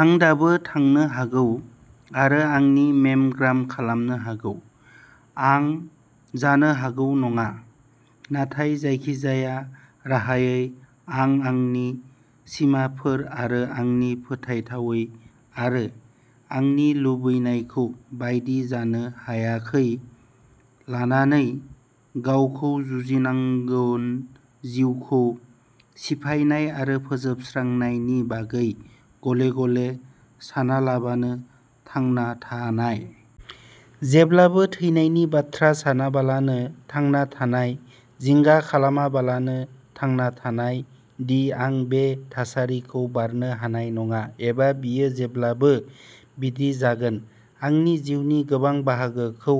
आं दाबो थांनो हागौ आरो आंनि मेम'ग्राम खालामनो हागौ। आं जानो हागौ नङा। नाथाय जायखिजाया राहायै आं आंनि सिमाफोर आरो आंनि फोथायथावै आरो आंनि लुबैनायखौ बायदि जानो हायैखौ लानानै गावखौ जुजिनांगोन जिउखौ सिफायनाय आरो फोजोबस्रांनायनि बागै गले-गले सानालाबानो थांना थानाय। जेब्लाबो थैनायनि बाथ्रा सानालाबानो थांना थानाय। जिंगा खालामालाबानो थांना थानाय दि आं बे थासारिखौ बारनो हानाय नङा, एबा बेयो जेब्लाबो बिदि जागोन। आंनि जिउनि गोबां बाहागोखौ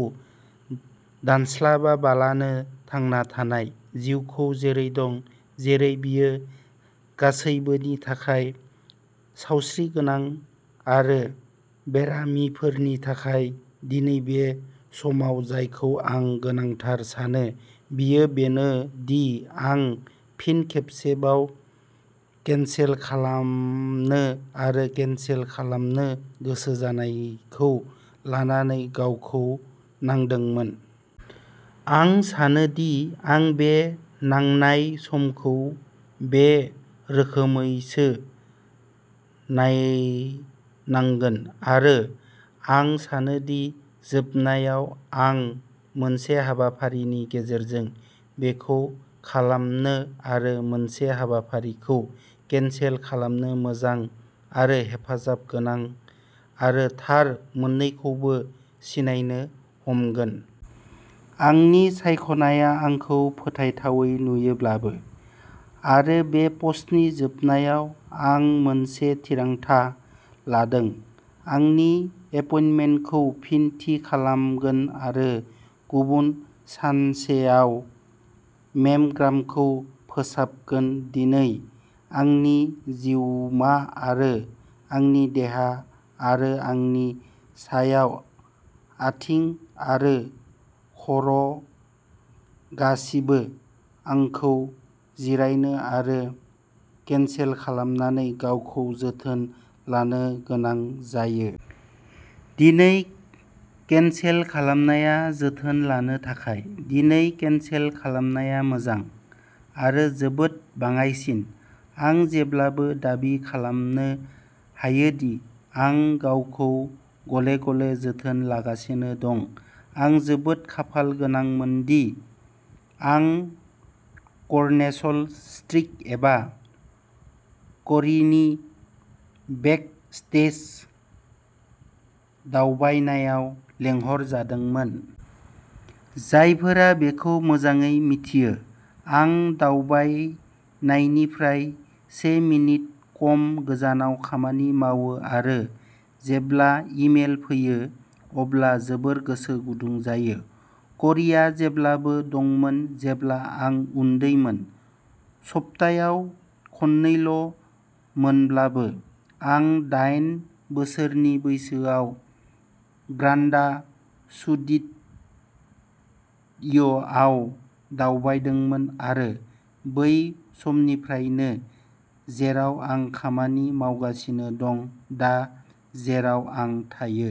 दानस्लाबालाबानो थांना थानाय। जिउखौ जेरै दं जेरै बेयो गासैबोनि थाखाय, सावस्रिगोनां आरो बेरामिफोरनि थाखाय दिनै बे समाव जायखौ आं गोनांथार सानो, बेयो बेनो दि आं फिन खेबसेबाव केनसेल खालामनो आरो केनसेल खालामनो गोसो जानायखौ लानानै गावखौ नांदोंमोन। आं सानो दि आं बे नांनाय समखौ बे रोखोमैसो नायनांगोन। आरो आं सानो दि जोबनायाव आं मोनसे हाबाफारिनि गेजेरजों बेखौ खालामनो आरो मोनसे हाबाफारिखौ केनसेल खालामनो मोजां आरो हेफाजाबगोनां आरो थार मोन्नैखौबो सिनायनो हमगोन। आंनि सायख'नाया आंखौ फोथायथावै नुयोब्लाबो। आरो बे पस्टनि जोबनायाव, आं मोनसे थिरांथा लादों। आंनि एपइन्टमेन्टखौ फिन थि खालामगोन आरो गुबुन सानसेआव मेम'ग्रामखौ फोसाबगोन। दिनै, आंनि जिउमा, आरो आंनि देहा, आरो आंनि सानाय आथिं आरो खर'गासिबो आंखौ जिरायनो आरो केनसेल खालामनानै गावखौ जोथोन लानो गोनां जायो। दिनै, केनसेल खालामनाया जोथोन लानो थाखाय। दिनै केनसेल खालामनाया मोजां। आरो जोबोद बाङाइसिन। आं जेब्लाबो दाबि खालामनो हायो दि आं गावखौ गले-गले जोथोन लागासिनो दं। आं जोबोद खाफालगोनांमोन दि आं कर'नेसन स्ट्रिट एबा कर्रीनि बेक स्टेज दावबायनायाव लेंहरजादोंमोन। जायफोरा बेखौ मोजाङै मिथियो। आं दावबायनायनिफ्राय से मिनिटनि खम गोजानाव खामानि मावो आरो जेब्ला इमेल फैयो अब्ला जोबोद गोसो गुदुं जायो। कर्रीआ जेब्लाबो दंमोन जेब्ला आं उन्दैमोन, सप्तायाव खननैल'मोनब्लाबो। आं दाइन बोसोरसो बैसोआव ग्रान्डा स्टुडिय'आव दावबायदोंमोन आरो बै समनिफ्रायनो जेराव आं खामानि मावगासिनो दं, दा जेराव आं थायो।